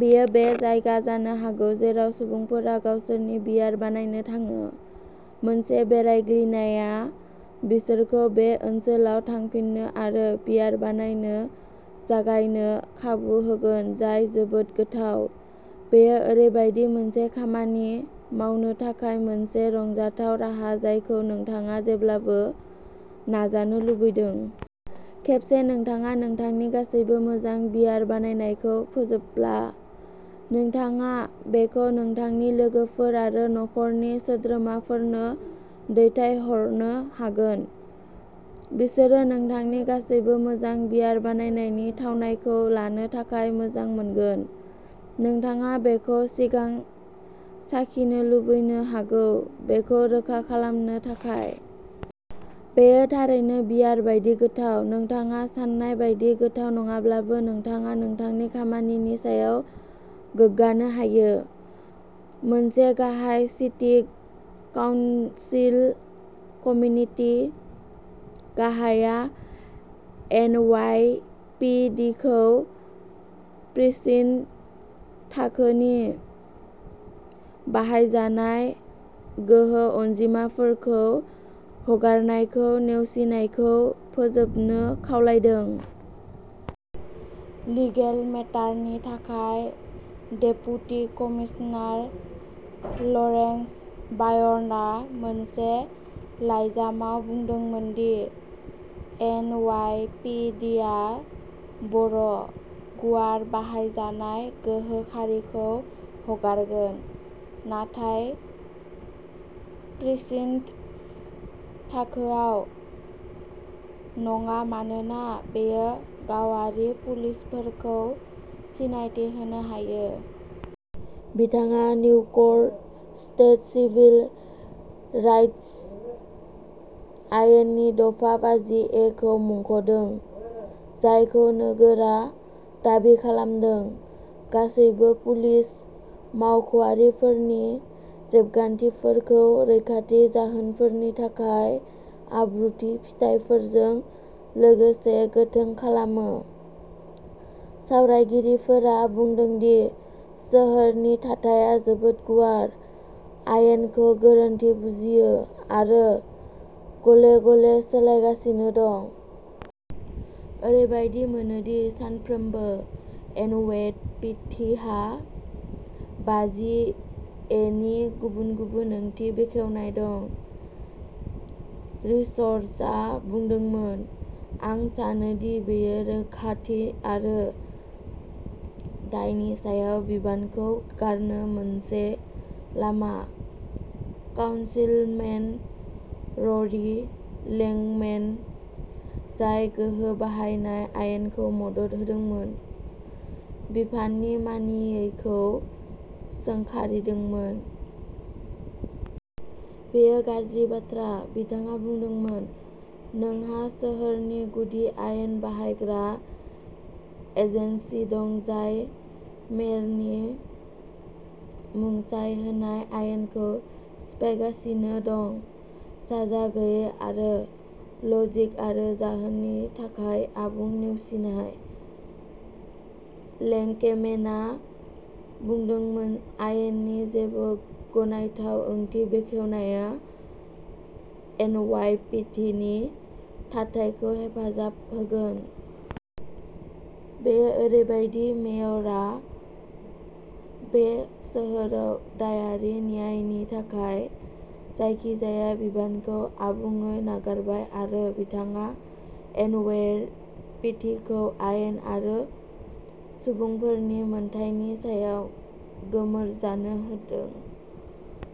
बेयो बै जायगा जानो हागौ जेराव सुबुंफोरा गावसोरनि बियार बानायनो थाङो। मोनसे बेरायग्लिनाया बिसोरखौ बे ओनसोलाव थांफिननो आरो बियार बानायनो जागायनो खाबु होगोन जाय जोबोद गोथाव। बेयो ओरैबायदि मोनसे खामानि मावनो थाखाय मोनसे रंजाथाव राहा जायखौ नोंथाङा जेब्लाबो नाजानो लुबैदों। खेबसे नोंथाङा नोंथांनि गासैबो मोजां बियार बानायनायखौ फोजोबब्ला, नोंथाङा बेखौ नोंथांनि लोगोफोर आरो नखरनि सोद्रोमाफोरनो दैथायहरनो हागोन। बिसोरो नोंथांनि गासैबो मोजां बियार बानायनायनि थावनायखौ लानो थाखाय मोजां मोनगोन। नोंथाङा बेखौ सिगां साखिनो लुबैनो हागौ बेखौ रोखा खालामनो थाखाय। बेयो थारैनो बियार बायदि गोथाव। नोंथाङा सान्नाय बायदि गोथाव नङाब्लाबो, नोंथाङा नोंथांनि खामानिनि सायाव गोग्गानो हायो। मोनसे गाहाय सिटी काउन्सिल कमिटिनि गाहाया एन वाइ पि दि खौ प्रिसिन्ट-थाखोनि बाहायजानाय गोहो अनजिमाफोरखौ हगारनायखौ नेवसिनायखौ फोजोबनो खावलायदों। लिगेल मेटारनि थाखाय डेपुटि कमिसनार लरेन्स बायर्नआ मोनसे लाइजामाव बुंदोंमोन the N Y P D आ बर' गुवार बाहायजानाय गोहो खारिखौ हगारगोन, नाथाय प्रिसिन्ट थाखोआव नङा मानोना बेयो गावारि पुलिसफोरखौ सिनायथि होनो हायो। बिथाङा निउयर्क स्टेट सिभिल राइटस आयेननि दफा बाजि ए खौ मुंख'दों, जायखौ नोगोरा दाबि खालामदों। गासैबो पुलिस मावख'आरिफोरनि रेबगान्थिफोरखौ रैखाथि जाहोनफोरनि थाखाय आब्रुथि फिथायफोरजों लोगोसे गोथों खालामो। सावरायगिरिफोरा बुंदों दि सोहोरनि थाथाया जोबोद गुवार, आयेनखौ गोरोन्थि बुजियो आरो गले-गले सोलायगासिनो दं। "ओरैबायदि मोनो दि सानफ्रोमबो, एनवाईपीडीहा बाजि-ए नि गुबुन-गुबुन ओंथि बेखेवनाय दं", रिचर्ड्सआ बुंदोंमोन। "आं सानो दि बेयो रोखाथि आरो दायनि सायाव बिबानखौ गारनो मोनसे लामा।" काउनसिलमेन र'री लेंकमेन, जाय गोहो बाहायनाय आयेनखौ मदद होदोंमोन, बिफाननि मानियैखौ सोंखारिदोंमोन। "बेयो गाज्रि बाथ्रा", बिथाङा बुंदोंमोन। "नोंहा सोहोरनि गुदि आयेन बाहायग्रा एजेन्सि दं जाय मेयरनि मुंसाइ होनाय आयेनखौ सिफायगासिनो दं, साजा गैयै आरो लजिक आरो जाहोननि थाखाय आबुं नेवसिनाय।" लेंकमेनआ बुंदोंमोन "आयेननि जेबो गनायथाव ओंथि बेखेवनाया" एनवाईपीडीनि थाथायखौ हेफाजाब होगोन। "बेयो ओरैबादि दि मेयरआ बे सोहोराव दायारि न्यायनि थाखाय जायखिजाया बिबानखौ आबुङै नागारबाय आरो बिथाङा एनवाईपीडीखौ आयेन आरो सुबुंफोरनि मोनथायनि सायाव गोमोर जानो होदों।